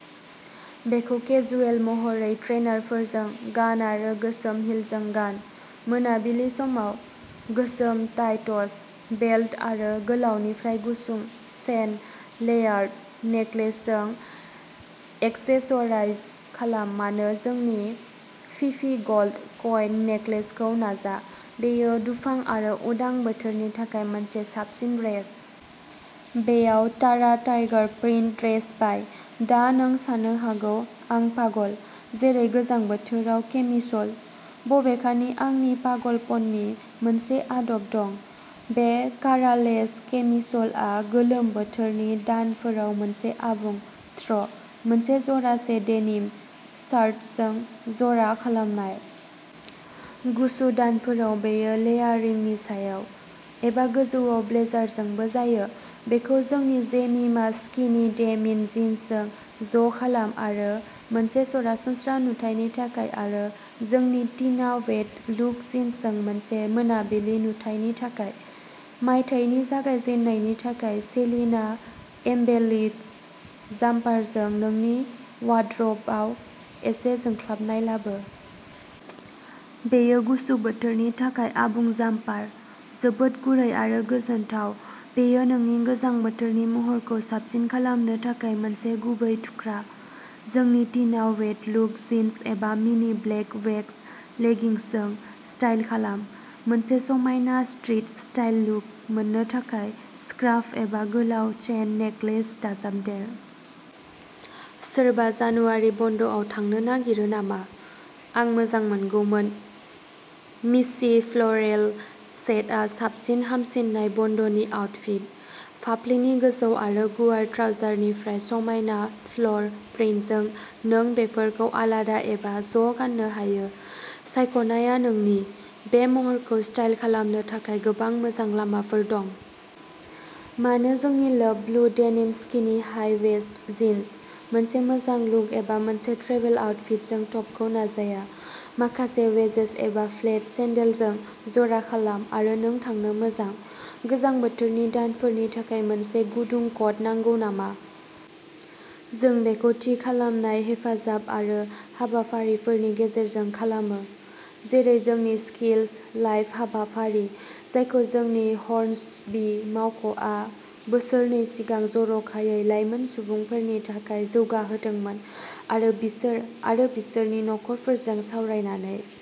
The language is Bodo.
बेखौ केजुएल महरै ट्रेइनारफोरजों गान आरो गोसोम हिलजों गान। मोनाबिलि समाव। गोसोम टाइटस, बेल्ट आरो गोलावनिफ्राय गुसुं चेन लेयार्ड नेकलेसजों एक्सेसराइज खालाम-मानो जोंनि फिफि गल्ड कइन नेकलेसखौ नाजा। बेयो दुफां आरो उदां बोथोरनि थाखाय मोनसे साबसिन ड्रेस। बेयाव तारा टाइगार प्रिन्ट ड्रेस बाय। दा नों सानो हागौ आं पागल, जेरै गोजां बोथोराव केमिसोल? बबेखानि, आंनि पागलपननि मोनसे आदब दं। बे कारा लेस केमिसोलआ गोलोम बोथोरनि दानफोराव मोनसे आबुं थ्र ', मोनसे जरासे डेनिम शार्ट्सजों ज'रा खालामनाय। गुसु दानफोराव बेयो लेयारिंनि सायाव, एबा गोजौआव ब्लेजारजोंबो जायो। बेखौ जोंनि जेमिमा स्किनि डेमिन जिन्सजों ज'खालाम आरो मोनसे सरासनस्रा नुथायनि थाखाय आरो जोंनि टिना वेट लुक जिन्सजों मोनसे मोनाबिलि नुथायनि थाखाय। मायथाइनि जागायजेन्नायनि थाखाय सेलिना एम्बेलिश्ड जाम्पारजों नोंनि वार्ड्रोबआव एसे जोंख्लाबनाय लाबो। बेयो गुसु बोथोरनि थाखाय आबुं जाम्पार। जोबोद गुरै आरो गोजोनथाव। बेयो नोंनि गोजां बोथोरनि महरखौ साबसिन खालामनो थाखाय मोनसे गुबै थुख्रा। जोंनि टिना वेट लुक जिन्स एबा मिनि ब्लेक वेक्स लेगिंग्सजों स्टाइल खालाम; मोनसे समायना स्ट्रिट स्टाइल लुक मोननो थाखाय स्कार्फ एबा गोलाव चेन नेकलेस दाजाबदेर। सोरबा जानुवारि बन्द'आव थांनो नागिरो नामा? आं मोजांमोनगौमोन! मिस्सि फ्लरेल सेटआ साबसिन हामसिननाय बन्द'नि आउटफिट। फाफ्लिनि गोजौ आरो गुवार ट्राउजारनिफ्राय समायना फ्लर प्रिन्टजों नों बेफोरखौ आलादा एबा ज'गाननो हायो, सायख'नायआ नोंनि, बे महरखौ स्टाइल खालामनो थाखाय गोबां मोजां लामाफोर दं। मानो जोंनि love blue denim skinny high waist jeans, मोनसे मोजां लुक एबा मोनसे ट्रेभेल आउटफिटजों टपखौ नाजाया। माखासे वेजेस एबा फ्लेट सेन्डलजों जरा खालाम आरो नों थांनो मोजां। गोजां बोथोरनि दानफोरनि थाखाय मोनसे गुदुं कट नांगौ नामा? जों बेखौ थि खालामनाय हेफाजाब आरो हाबाफारिफोरनि गेजेरजों खालामो, जेरै जोंनि स्किल्स लाइफ हाबाफारि, जायखौ जोंनि हर्नस्बी मावख'आ बोसोरनै सिगां जर'खायै लाइमोन सुबुंफोरनि थाखाय जौगाहोदोंमोन, आरो बिसोर आरो बिसोरनि नखरफोरजों सावरायनानै।